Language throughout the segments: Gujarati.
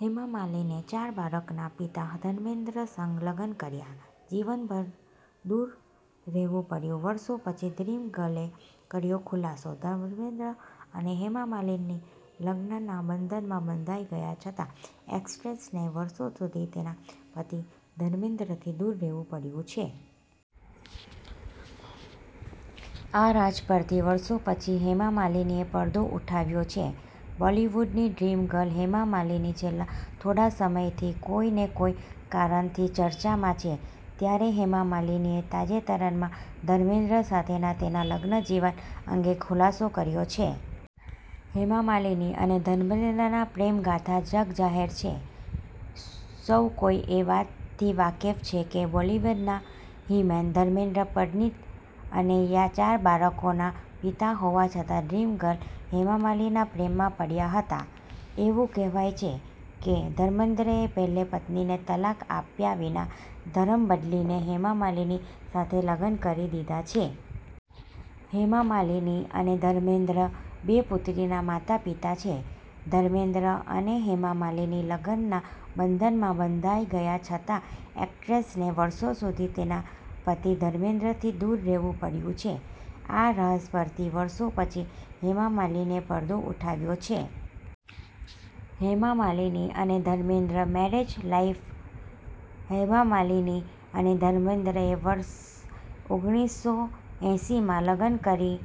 હેમા માલિનીએ ચાર બાળકના પિતા ધર્મેન્દ્ર સંગ લગ્ન કર્યા, જીવનભર દુર રહેવું પડ્યું, વર્ષો પછી ડ્રીમ ગર્લે કર્યો ખુલાસો. ધર્મેન્દ્ર અને હેમા માલિની લગ્નના બંધનમાં બંધાઇ ગયા છતાં એક્ટ્રેસને વર્ષો સુધી તેના પતિ ધર્મેન્દ્રથી દૂર રહેવું પડ્યું છે. આ રાજ પરથી વર્ષો પછી હેમા માલિનીએ પડ઼દો ઉઠાવ્યો છે. બોલિવૂડની ડ્રીમ ગર્લ હેમા માલિની છેલ્લા થોડા સમયથી કોઇને કોઇ કારણથી ચર્ચામાં છે. ત્યારે હેમા માલિનીએ તાજેતરમાં ધર્મેન્દ્ર સાથેના તેના લગ્ન જીવન અંગે ખુલાસો કર્યો છે. હેમા માલિની અને ધર્મેન્દ્રની પ્રેમગાથા જગજાહેર છે. સૌકોઇ એ વાતથી વાકેફ છે કે બોલિવૂડના હિમેન ધર્મેન્દ્ર પરિણીતી અને ચાર બાળકોના પિતા હોવા છતાં ડ્રીમ ગર્લ હેમા માલિનીના પ્રેમમાં પડ્યા હતા. એવું કહેવાય છે કે ધર્મેન્દ્રએ પહેલી પત્નીને તલાક આપ્યા વિના ધર્મ બદલીને હેમા માલિની સાથે લગ્ન કરી લીધા છે. હેમા માલિની અને ધર્મેન્દ્ર બે પુત્રીના માતા-પિતા છે. ધર્મેન્દ્ર અને હેમા માલિની લગ્નના બંધનમાં બંધાઇ ગયા છતાં એક્ટ્રેસને વર્ષો સુધી તેના પતિ ધર્મેન્દ્રથી દૂર રહેવું પડ્યું છે. આ રાજ પરથી વર્ષો પછી હેમા માલિનીએ પડ઼દો ઉઠાવ્યો છે. હેમા માલિની અને ધર્મેન્દ્રની મેરેજ લાઇફ, હેમા માલિની અને ધર્મેન્દ્રએ વર્ષ ઓગણીસોએંસીમાં લગ્ન કરી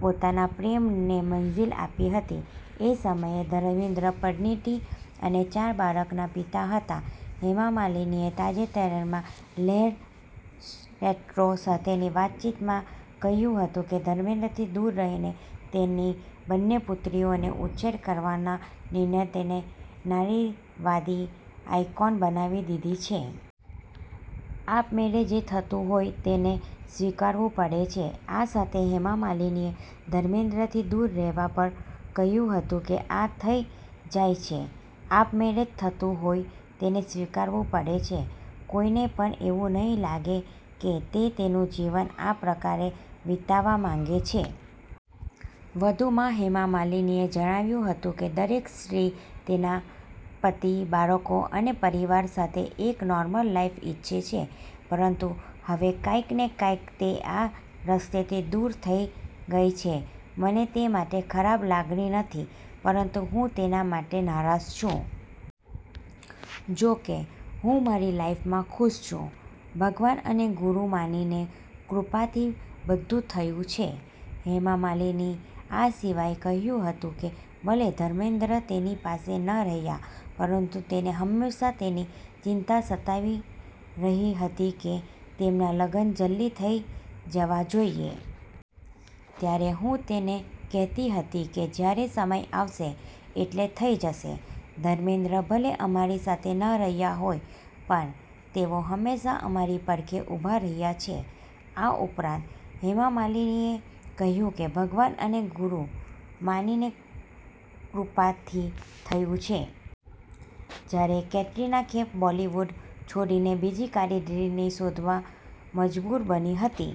પોતાની પ્રેમને મંઝીલ આપી હતી. તે સમયે ધર્મેન્દ્ર પરિણીતી અને ચાર બાળકના પિતા હતા. હેમા માલિનીએ તાજેતરમાં લહરે રેટ્રો સાથેની વાતચીતમાં કહ્યું હતું કે, ધર્મેન્દ્રથી દૂર રહીને તેની બંને પુત્રીઓનો ઉછેર કરવાના નિર્ણયે તેને નારીવાદી આઇકોન બનાવી દીધી છે. 'આપેમેળે જે થતું હોય તેને સ્વીકારવું પડે છે' આ સાથે હેમા માલિનીએ ધર્મેન્દ્રથી દુર રહેવા પર કહ્યું હતું કે, 'આ થઇ જાય છે. આપેમેળે જે થતું હોય તેને સ્વીકારવું પડે છે, કોઇને પણ એવું નહીં લાગે કે તે તેનું જીવન આ પ્રકારે વિતાવવા માંગે છે'. વધુમાં હેમા માલિનીએ જણાવ્યું હતું કે, દરેક સ્ત્રી તેના પતિ, બાળકો અને પરિવાર સાથે એક નોર્મલ લાઇફ ઇચ્છે છે. પરંતુ હવે ક્યાંકને ક્યાંક તે આ રસ્તેથી દૂર થઇ ગઇ છે. મને તે માટે ખરાબ લાગણી નથી, પરંતુ હું તે માટે નારાજ છું. જો કે, હું મારી લાઇફમાં ખુશ છું. 'ભગવાન અને ગુર માંની કૃપાથી બધુ થયું છે'. હેમા માલિની આ સિવાય કહ્યું હતું કે, 'ભલે ઘર્મેન્દ્ર તેની પાસે ન રહ્યા, પરંતુ તેને હંમેશા તેમની ચિંતા સતાવી રહી હતી કે, તેમના લગ્ન જલ્દી થઇ જવા જોઇએ. ત્યારે હું તેમને કહેતી હતી કે જ્યારે સમય આવશે એટલે થઇ જશે. ધર્મેન્દ્ર ભલે અમારી સાથે ન રહ્યા હોય, પણ તેઓ હંમેશા અમારી પડખે ઉભા રહ્યા છે'. આ ઉપરાંત હેમા માલિનીએ કહ્યું કે, 'ભગવાન અને ગુર માંની કૃપાથી થયું છે'. જ્યારે કેટરીના કૈફ બોલિવૂડ છોડીને બીજી કારકિર્દીની શોધવા મજબૂર બની હતી.